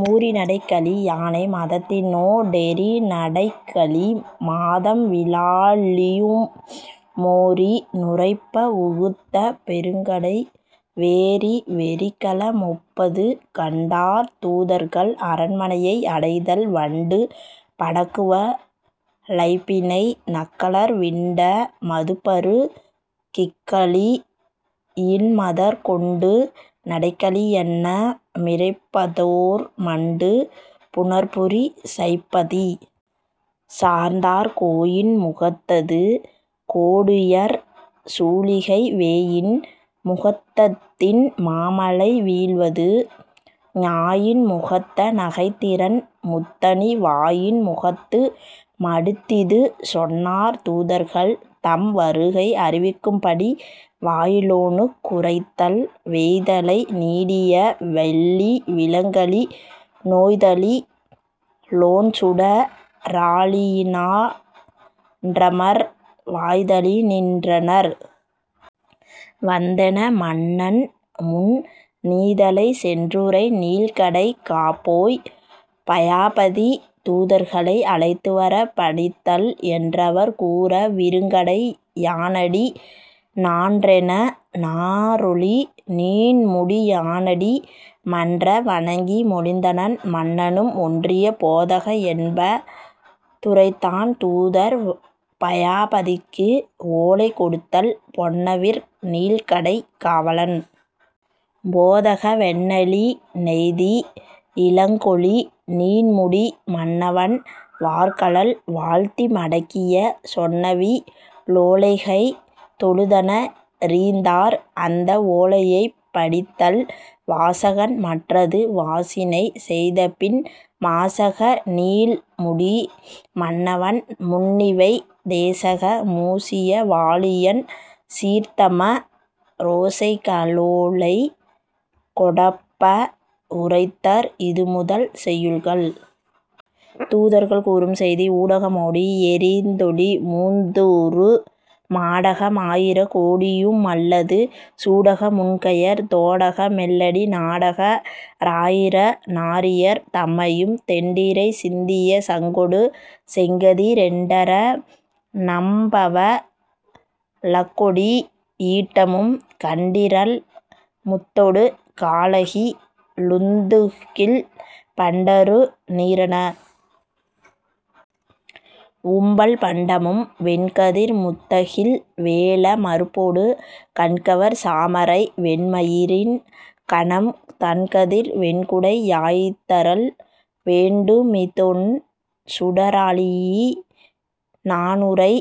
மூரிநடைக்களி யானை மதத்தினொ டேரி னடைக்கலி மாதம் விலாழியு மோரி நுரைப்ப வுகுத்த பெருங்கடை வேரி வெறிக்கள மொப்பது கண்டார் தூதர்கள் அரண்மனையை அடைதல் வண்டு படக்குவ ளைப்பிணை நக்கலர் விண்ட மதுப்பரு கிக்களி யின்மதர் கொண்டு நடைக்களி யன்ன மிரைப்பதொர் மண்டு புனற்புரி சைப்பதி சார்ந்தார் கோயின் முகத்தது கோடுயர் சூளிகை வேயின் முகத்ததின் மாமழை வீழ்வது ஞாயின் முகத்த நகைத்திரண் முத்தணி வாயின் முகத்து மடுத்திது சொன்னார் தூதர்கள் தம் வருகை அறிவிக்கும்படி வாயிலோனுக் குரைத்தல் வேய்தலை நீடிய வெள்ளி விலங்கலி னோய்தலி லொண்சுட ராழியி னான்றமர் வாய்தலி னின்றனர் வந்தென மன்னன்முன் நீதலை சென்றுரை நீள்கடை காப்போய் பயாபதி தூதர்களை அழைத்துவரப் பணித்தல் என்றவர் கூற விருங்கடை யானடி னான்றென நாறொளி நீண்முடி யானடி மன்ற வணங்கி மொழிந்தனன் மன்னனும் ஒன்றிய போதக என்ப துரைத்தான் தூதர் பயாபதிக்கு ஓலை கொடுத்தல் பொன்னவிர் நீள்கடை காவலன் போதக வென்னலி னெய்தி யிலங்கொளி நீண்முடி மன்னவன் வார்கழல் வாழ்த்திமடக்கிய சொன்னவி லோலைகை தொழுதன ரீந்தார் அந்த ஓலையைப் படித்தல் வாசகன் மற்றது வாசினை செய்தபின் மாசக னீள்முடி மன்னவன் முன்னிவை தேசக மூசிய வாழியன் சீர்த்தம ரோசைக ளோலை கொடொப்ப வுரைத்தர் இதுமுதல் செய்யுள்கள் தூதர்கள் கூறும் செய்தி ஊடக மோடி யெரிந்தொளி முந்தூறு மாடக மாயிர கோடியு மல்லது சூடக முன்கையர் தோடக மெல்லடி நாடக ராயிர நாரியர் தம்மையும் தெண்டிரை சிந்திய சங்கொடு செங்கதி ரெண்டர னம்பவ ழக்கொடி யீட்டமும் கண்டிரள் முத்தொடு காழகி லந்துகில் பண்டரு நீரன வும்பல் பண்டமும் வெண்கதிர் முத்தகில் வேழ மருப்பொடு கண்கவர் சாமரை வெண்மயி ரின்கணம் தண்கதிர் வெண்குடை யாய்தரல் வேண்டுமி தொண்சுட ராழியி னானுரை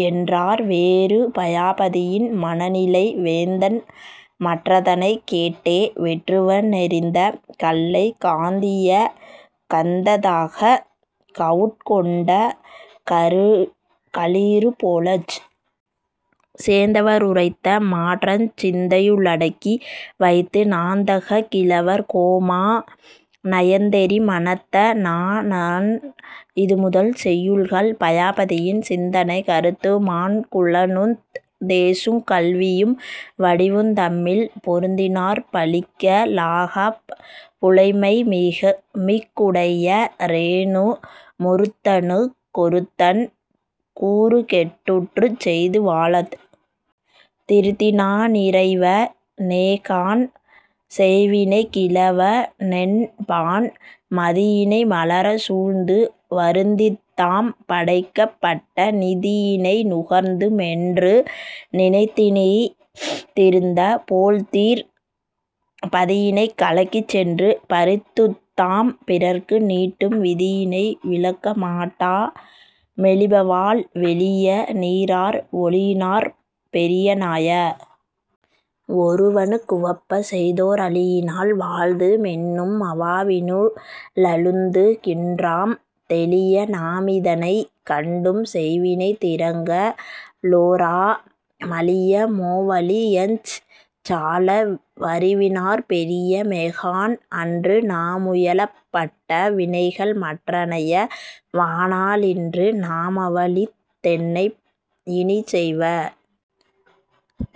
யென்றார் வேறு பயாபதியின் மனநிலை வேந்தன்மற் றதனைக் கேட்டே வெற்றுவ னெறிந்த கல்லைக் காந்திய கந்த தாகக் கவுட்கொண்ட களிரு போலச் சேந்தவ ருரைத்த மாற்றஞ் சிந்தையு ளடக்கி வைத்து நாந்தகக் கிழவர் கோமா னயந்தெரி மனத்த னானான் இதுமுதல் செய்யுள்கள் பயாபதியின் சிந்தனை கருத்துமாண் குலனுந் தேசுங் கல்வியும் வடிவுந் தம்மில் பொருத்தினாற் பழிக்க லாகாப் புலைமைமிக் குடைய ரேனு மொருத்தனுக் கொருத்தன் கூறக்கேட்டுற்றுச் செய்து வாழத் திருத்தினா னிறைவ னேகாண் செய்வினைக் கிழவ னென்பான் மதியினை மலரச் சூழ்ந்து வருந்தித்தாம் படைக்கப் பட்ட நிதியினை நுகர்ந்து மென்று நினைத்தினி திருந்த போழ்திற் பதியினைக் கலக்கிச் சென்று பறித்துத்தாம் பிறர்க்கு நீட்டும் விதியினை விலக்க மாட்டா மெலிபவால் வெளிய நீரார் ஓளியினாற் பெரிய னாய வொருவனுக் குவப்பச் செய்தோ ரளியினால் வாழ்து மென்னும் மவாவினு ளழுந்து கின்றாம் தெளியநா மிதனைக் கண்டும் செய்வினைத் திறங்க ளோரா மளிய மோ வளியஞ் சால வறிவினாற் பெரிய மேகாண் அன்றுநா முயலப் பட்ட வினைகள்மற் றனைய வானா லின்று நா மவலித் தென்னை யினிச்செய்வ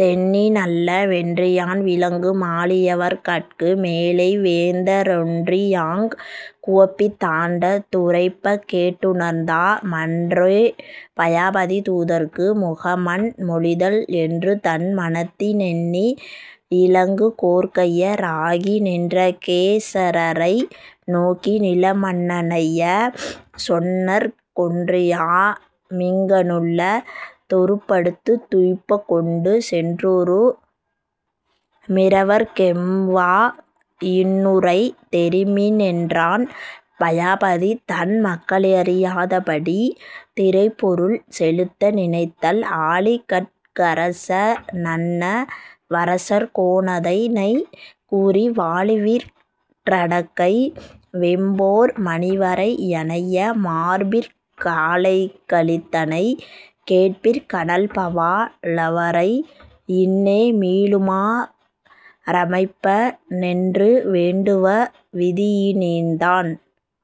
தெண்ணி னல்ல வென்றியான் விளங்கு மாழி யவர்கட்கு மேலை வேந்த ரொன்றியாங் குவப்பித் தாண்ட துரைப்பக்கேட் டுணர்ந்தா மன்றே பயாபதி தூதர்க்கு முகமன் மொழிதல் என்றுதன் மனத்தி னெண்ணி யிலங்குகோற் கைய ராகி நின்றகே சரரை நோக்கி நிலமன்ன னனைய சொன்னர்க் கொன்றியா மிங்க ணுள்ள தொருப்படுத் துய்ப்பக் கொண்டு சென்றுறு மிறவர்க் கெம்வா யின்னுரை தெரிமி னென்றான் பயாபதி தன் மக்களறியாதபடி திறைப்பொருள் செலுத்த நினைத்தல் ஆளிகட் கரச னன்ன வரசர்கோ னதனைக் கூறி வாளிவிற் றடக்கை வெம்போர் மணிவரை யனைய மார்பிற் காளைக ளிதனைக் கேட்பிற் கனல்பவா லவரை யின்னே மீளுமா றமைப்ப னென்று வேண்டுவ விதியி னீந்தான்.